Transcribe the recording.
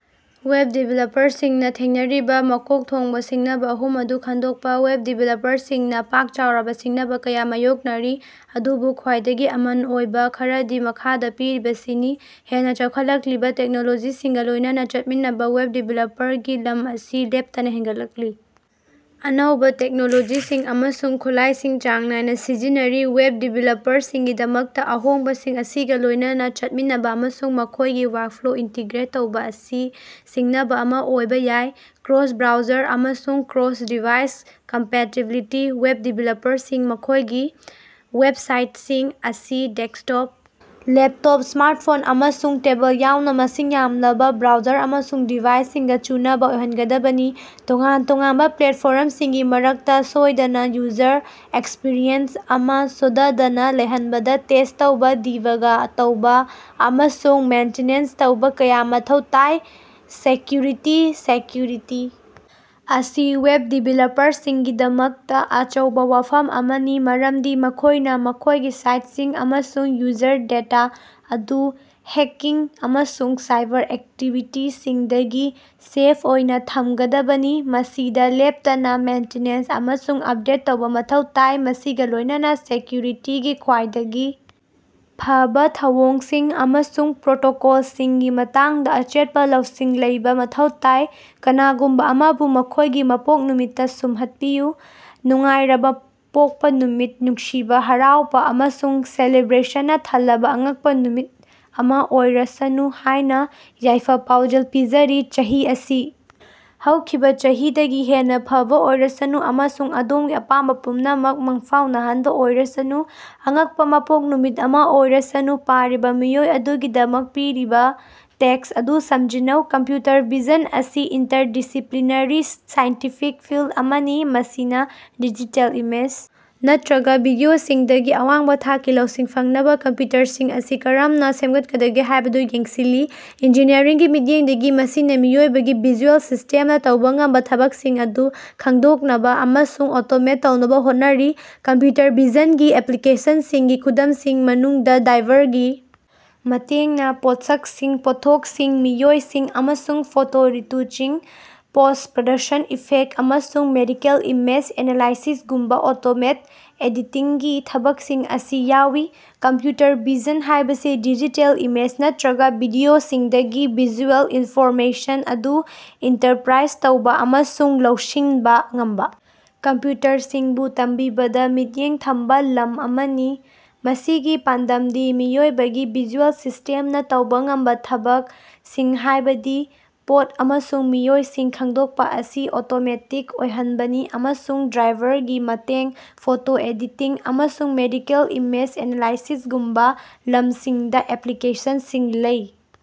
Web ꯗꯤꯚꯦꯂꯞꯄꯔꯁꯤꯡꯅꯥ ꯊꯦꯡꯅꯔꯤꯕꯥ ꯃꯀꯣꯛ ꯊꯣꯡꯕꯥ ꯁꯤꯡꯅꯕꯥ ꯑꯍꯨꯝ ꯑꯗꯨ ꯈꯪꯗꯣꯛꯄꯥ꯫ ꯋꯦꯕ ꯗꯤꯚꯦꯂꯞꯄꯔꯁꯤꯡꯅꯥ ꯄꯥꯛ-ꯆꯥꯎꯔꯕꯥ ꯁꯤꯡꯅꯕꯥ ꯀꯌꯥ ꯃꯥꯌꯣꯛꯅꯔꯤ, ꯑꯗꯨꯕꯨ ꯈ꯭ꯋꯥꯏꯗꯒꯤ ꯑꯃꯟ ꯑꯣꯏꯕꯥ ꯈꯔꯗꯤ ꯃꯈꯥꯗꯥ ꯄꯤꯔꯤꯕꯁꯤꯡꯁꯤꯅꯤ: ꯍꯦꯟꯅꯥ ꯆꯥꯎꯈꯠꯂꯛꯂꯤꯕꯥ ꯇꯦꯛꯅꯣꯂꯣꯖꯤꯁꯤꯡꯒꯥ ꯂꯣꯢꯅꯅꯥ ꯆꯠꯃꯤꯟꯅꯕꯥ: ꯋꯦꯕ ꯗꯤꯚꯦꯂꯞꯄꯔꯒꯤ ꯂꯝ ꯑꯁꯤ ꯂꯦꯞꯇꯅꯥ ꯍꯦꯟꯒꯠꯂꯛꯂꯤ ꯑꯅꯧꯕꯥ ꯇꯦꯛꯅꯣꯂꯣꯖꯤꯁꯤꯡ ꯑꯃꯁꯨꯡ ꯈꯨꯠꯂꯥꯢꯁꯤꯡ ꯆꯥꯡ ꯅꯥꯏꯅꯥ ꯁꯤꯖꯤꯟꯅꯔꯤ꯫ ꯋꯦꯕ ꯗꯤꯕꯦꯂꯞꯄꯔꯁꯤꯡꯒꯤꯗꯃꯛꯇꯥ ꯑꯍꯣꯡꯕꯁꯤꯡ ꯑꯁꯤꯒꯥ ꯂꯣꯢꯅꯅꯥ ꯆꯠꯃꯤꯟꯅꯕꯥ ꯑꯃꯁꯨꯡ ꯃꯈꯣꯢꯒꯤ ꯋꯥꯔꯀꯐ꯭ꯂꯣꯗꯥ ꯏꯟꯇꯤꯒ꯭ꯔꯦꯠ ꯇꯧꯕꯥ ꯑꯁꯤ ꯁꯤꯡꯅꯕꯥ ꯑꯃꯥ ꯑꯣꯏꯕꯥ ꯌꯥꯏ꯫ ꯀ꯭ꯔꯣꯁ-ꯕ꯭ꯔꯥꯎꯖꯔ ꯑꯃꯁꯨꯡ ꯀ꯭ꯔꯣꯁ-ꯗꯤꯚꯥꯏꯁ ꯀꯝꯄꯦꯇꯤꯕꯤꯂꯤꯇꯤ: ꯋꯦꯕ ꯗꯤꯚꯦꯂꯞꯄꯔꯁꯤꯡ ꯃꯈꯣꯢꯒꯤ ꯋꯦꯕꯁꯥꯏꯇꯁꯤꯡ ꯑꯁꯤ ꯗꯦꯛꯁꯇꯣꯞ, ꯂꯦꯞꯇꯣꯞ, ꯁ꯭ꯃꯥꯔꯇꯐꯣꯟ ꯑꯃꯁꯨꯡ ꯇꯦꯕꯜ ꯌꯥꯎꯅꯥ ꯃꯁꯤꯡ ꯌꯥꯝꯂꯕꯥ ꯕ꯭ꯔꯥꯎꯖꯔ ꯑꯃꯁꯨꯡ ꯗꯤꯚꯥꯏꯁꯁꯤꯡꯒꯥ ꯆꯨꯅꯕꯥ ꯑꯣꯏꯍꯟꯒꯗꯕꯅꯤ꯫ ꯇꯣꯉꯥꯟ-ꯇꯣꯉꯥꯟꯕꯥ ꯄ꯭ꯂꯦꯇꯐꯣꯔꯝꯁꯤꯡꯒꯤ ꯃꯔꯛꯇꯥ ꯁꯣꯢꯗꯅꯥ ꯌꯨꯖꯔ ꯑꯦꯛꯁꯄꯤꯔꯤꯑꯦꯟꯁ ꯑꯃꯥ ꯁꯣꯗꯗꯅꯥ ꯂꯩꯍꯟꯕꯗꯥ ꯇꯦꯁ꯭ꯠ ꯇꯧꯕꯥ ꯗꯤꯕꯒ ꯇꯧꯕꯥ ꯑꯃꯁꯨꯡ ꯃꯦꯟꯇꯤꯅꯦꯟꯁ ꯇꯧꯕꯥ ꯀꯌꯥ ꯃꯊꯧ ꯇꯥꯏ꯫ ꯁꯦꯛꯌꯨꯔꯤꯇꯤ: ꯁꯦꯛꯌꯨꯔꯤꯇꯤ ꯑꯁꯤ ꯋꯦꯕ ꯗꯤꯚꯦꯂꯄꯔꯁꯤꯡꯒꯤꯗꯃꯛꯇꯥ ꯑꯆꯧꯕꯥ ꯋꯥꯐꯝ ꯑꯃꯅꯤ ꯃꯔꯝꯗꯤ ꯃꯈꯣꯢꯅꯥ ꯃꯈꯣꯢꯒꯤ ꯁꯥꯏꯠꯁꯤꯡ ꯑꯃꯁꯨꯡ ꯌꯨꯖꯔ ꯗꯦꯇꯥ ꯑꯗꯨ ꯍꯦꯛꯀꯤꯡ ꯑꯃꯁꯨꯡ ꯁꯥꯏꯕꯔ ꯑꯦꯇꯦꯛꯁꯤꯡꯗꯒꯤ ꯁꯦꯐ ꯑꯣꯏꯅꯥ ꯊꯝꯒꯗꯕꯅꯤ꯫ ꯃꯁꯤꯗꯥ ꯂꯦꯞꯇꯅꯥ ꯃꯦꯟꯇꯤꯅꯦꯟꯁ ꯑꯃꯁꯨꯡ ꯎꯞꯗꯦꯠ ꯇꯧꯕꯥ ꯃꯊꯧ ꯇꯥꯏ ꯃꯁꯤꯒꯥ ꯂꯣꯢꯅꯅꯥ ꯁꯦꯛꯀ꯭ꯌꯨꯔꯤꯇꯤꯒꯤ ꯈ꯭ꯋꯥꯏꯗꯒꯤ ꯐꯕꯥ ꯊꯧꯑꯣꯡꯁꯤꯡ ꯑꯃꯁꯨꯡ ꯄ꯭ꯔꯣꯇꯣꯀꯣꯜꯁꯤꯡꯒꯤ ꯃꯇꯥꯡꯗꯥ ꯑꯆꯦꯠꯄꯥ ꯂꯧꯁꯤꯡ ꯂꯩꯕꯥ ꯃꯊꯧ ꯇꯥꯏ꯫ ꯀꯅꯥꯒꯨꯝꯕꯥ ꯑꯃꯕꯨ ꯃꯈꯣꯢꯒꯤ ꯃꯄꯣꯛ ꯅꯨꯃꯤꯠꯇꯥ ꯁꯨꯝꯍꯠꯄꯤꯌꯨ꯫ ꯅꯨꯡꯉꯥꯏꯔꯕ ꯄꯣꯛꯄ ꯅꯨꯃꯤꯠ ꯅꯨꯡꯁꯤꯕꯥ, ꯍꯔꯥꯎꯕꯥ ꯑꯃꯁꯨꯡ ꯁꯦꯂꯦꯕ꯭ꯔꯦꯁꯟꯅꯥ ꯊꯜꯂꯕꯥ ꯑꯉꯛꯄꯥ ꯅꯨꯃꯤꯠ ꯑꯃꯥ ꯑꯣꯏꯔꯁꯅꯨ ꯍꯥꯏꯅꯥ ꯌꯥꯏꯐ-ꯄꯥꯎꯖꯦꯜ ꯄꯤꯖꯔꯤ꯫ ꯆꯍꯤ ꯑꯁꯤ ꯍꯧꯈꯤꯕꯥ ꯆꯍꯤꯗꯒꯤ ꯍꯦꯟꯅꯥ ꯐꯕꯥ ꯑꯣꯏꯔꯁꯅꯨ ꯑꯃꯁꯨꯡ ꯑꯗꯣꯝꯒꯤ ꯑꯄꯥꯝꯕꯥ ꯄꯨꯝꯅꯃꯛ ꯃꯪꯐꯥꯎꯅꯍꯟꯕꯥ ꯑꯣꯏꯔꯁꯅꯨ꯫ ꯑꯉꯛꯄꯥ ꯃꯄꯣꯛ ꯅꯨꯃꯤꯠ ꯑꯃꯥ ꯑꯣꯏꯔꯁꯅꯨ ꯄꯥꯔꯤꯕꯥ ꯃꯤꯑꯣꯏ ꯑꯗꯨꯒꯤꯗꯃꯛ ꯄꯤꯔꯤꯕꯥ ꯇꯦꯛꯁ ꯑꯗꯨ ꯁꯝꯖꯤꯟꯅꯧ꯫ ꯀꯝꯄ꯭ꯌꯨꯇꯔ ꯚꯤꯖꯟ ꯑꯁꯤ ꯏꯟꯇꯔꯗꯤꯁꯤꯄ꯭ꯂꯤꯅꯔꯤ ꯁꯥꯏꯟꯇꯤꯐꯤꯛ ꯐꯤꯜꯗ ꯑꯃꯅꯤ ꯃꯁꯤꯅꯥ ꯗꯤꯖꯤꯇꯦꯜ ꯏꯃꯦꯖ ꯅꯠꯇ꯭ꯔꯒꯥ ꯚꯤꯗꯤꯑꯣꯁꯤꯡꯗꯒꯤ ꯑꯋꯥꯡꯕꯥ ꯊꯥꯛꯀꯤ ꯂꯧꯁꯤꯡ ꯐꯪꯅꯕꯥ ꯀꯝꯄ꯭ꯌꯨꯇꯔꯁꯤꯡ ꯑꯁꯤ ꯀꯔꯝꯅꯥ ꯁꯦꯃꯒꯠꯀꯗꯒꯦ ꯍꯥꯢꯕꯗꯨ ꯌꯦꯡꯁꯤꯜꯂꯤ꯫ ꯏꯟꯖꯤꯅꯤꯌꯔꯤꯡꯒꯤ ꯃꯤꯠꯌꯦꯡꯗꯒꯤ ꯃꯁꯤꯅꯥ ꯃꯤꯑꯣꯏꯕꯒꯤ ꯚꯤꯖꯨꯑꯦꯜ ꯁꯤꯁꯇꯦꯝꯅꯥ ꯇꯧꯕꯥ ꯉꯝꯕꯥ ꯊꯕꯛꯁꯤꯡ ꯑꯗꯨ ꯈꯪꯗꯣꯛꯅꯕꯥ ꯑꯃꯁꯨꯡ ꯑꯣꯇꯣꯃꯦꯠ ꯇꯧꯅꯕꯥ ꯍꯣꯠꯅꯔꯤ꯫ ꯀꯝꯄ꯭ꯌꯨꯇꯔ ꯚꯤꯖꯟꯒꯤ ꯑꯦꯄ꯭ꯂꯤꯀꯦꯁꯅꯁꯤꯡꯒꯤ ꯈꯨꯗꯝꯁꯤꯡꯒꯤ ꯃꯅꯨꯡꯗꯥ ꯗ꯭ꯔꯥꯏꯚꯔꯒꯤ ꯃꯇꯦꯡꯅꯥ ꯄꯣꯠꯁꯛꯁꯤꯡ, ꯄꯣꯠꯊꯣꯛꯁꯤꯡ, ꯃꯤꯑꯣꯏꯁꯤꯡ ꯑꯃꯁꯨꯡ ꯐꯣꯇꯣ ꯔꯤꯇꯨꯆꯤꯡ, ꯄꯣꯁ꯭ꯠ-ꯄ꯭ꯔꯗꯛꯁꯟ ꯏꯐꯦꯛꯇ ꯑꯃꯁꯨꯡ ꯃꯦꯗꯤꯀꯦꯜ ꯏꯃꯦꯖ ꯑꯦꯅꯥꯂꯥꯏꯁꯤꯁꯒꯨꯝꯕꯥ ꯑꯣꯇꯣꯃꯦꯇꯦꯗ ꯑꯦꯗꯤꯇꯤꯡꯒꯤ ꯊꯕꯛꯁꯤꯡ ꯑꯁꯤ ꯌꯥꯎꯏ꯫ ꯀꯝꯄ꯭ꯌꯨꯇꯔ ꯚꯤꯖꯟ ꯍꯥꯢꯕꯁꯤ ꯗꯤꯖꯤꯇꯦꯜ ꯏꯃꯦꯖ ꯅꯠꯇ꯭ꯔꯒꯥ ꯚꯤꯗꯤꯑꯣꯁꯤꯡꯗꯒꯤ ꯚꯤꯖꯨꯑꯦꯜ ꯏꯟꯐꯣꯔꯃꯦꯁꯟ ꯑꯗꯨ ꯏꯟꯇꯔꯄ꯭ꯔꯥꯏꯖ ꯇꯧꯕꯥ ꯑꯃꯁꯨꯡ ꯂꯧꯁꯤꯟꯕꯥ ꯉꯝꯕꯥ ꯀꯝꯄ꯭ꯌꯨꯇꯔꯁꯤꯡꯕꯨ ꯇꯝꯕꯤꯕꯗꯥ ꯃꯤꯠꯌꯦꯡ ꯊꯝꯕꯥ ꯂꯝ ꯑꯃꯅꯤ꯫ ꯃꯁꯤꯒꯤ ꯄꯥꯟꯗꯝꯗꯤ ꯃꯤꯑꯣꯏꯕꯒꯤ ꯚꯤꯖꯨꯑꯦꯜ ꯁꯤꯁ꯭ꯇꯦꯝꯅꯥ ꯇꯧꯕꯥ ꯉꯝꯕꯥ ꯊꯕꯛ꯫ꯁꯤꯡꯍꯥꯢꯕꯗꯤ ꯄꯣꯠ ꯑꯃꯁꯨꯡ ꯃꯤꯑꯣꯏꯁꯤꯡ ꯈꯪꯗꯣꯛꯄꯥ ꯑꯁꯤ ꯑꯣꯇꯣꯃꯦꯇꯤꯛ ꯑꯣꯏꯍꯟꯕꯅꯤ ꯑꯃꯁꯨꯡ ꯗ꯭ꯔꯥꯏꯚꯔꯒꯤ ꯃꯇꯦꯡ, ꯐꯣꯇꯣ ꯑꯦꯗꯤꯇꯤꯡ, ꯑꯃꯁꯨꯡ ꯃꯦꯗꯤꯀꯦꯜ ꯏꯃꯦꯖ ꯑꯦꯅꯥꯂꯥꯏꯁꯤꯁꯒꯨꯝꯕꯥ ꯂꯝꯁꯤꯡꯗꯥ ꯑꯦꯄ꯭ꯂꯤꯀꯦꯁꯟꯁꯤꯡ ꯂꯩ꯫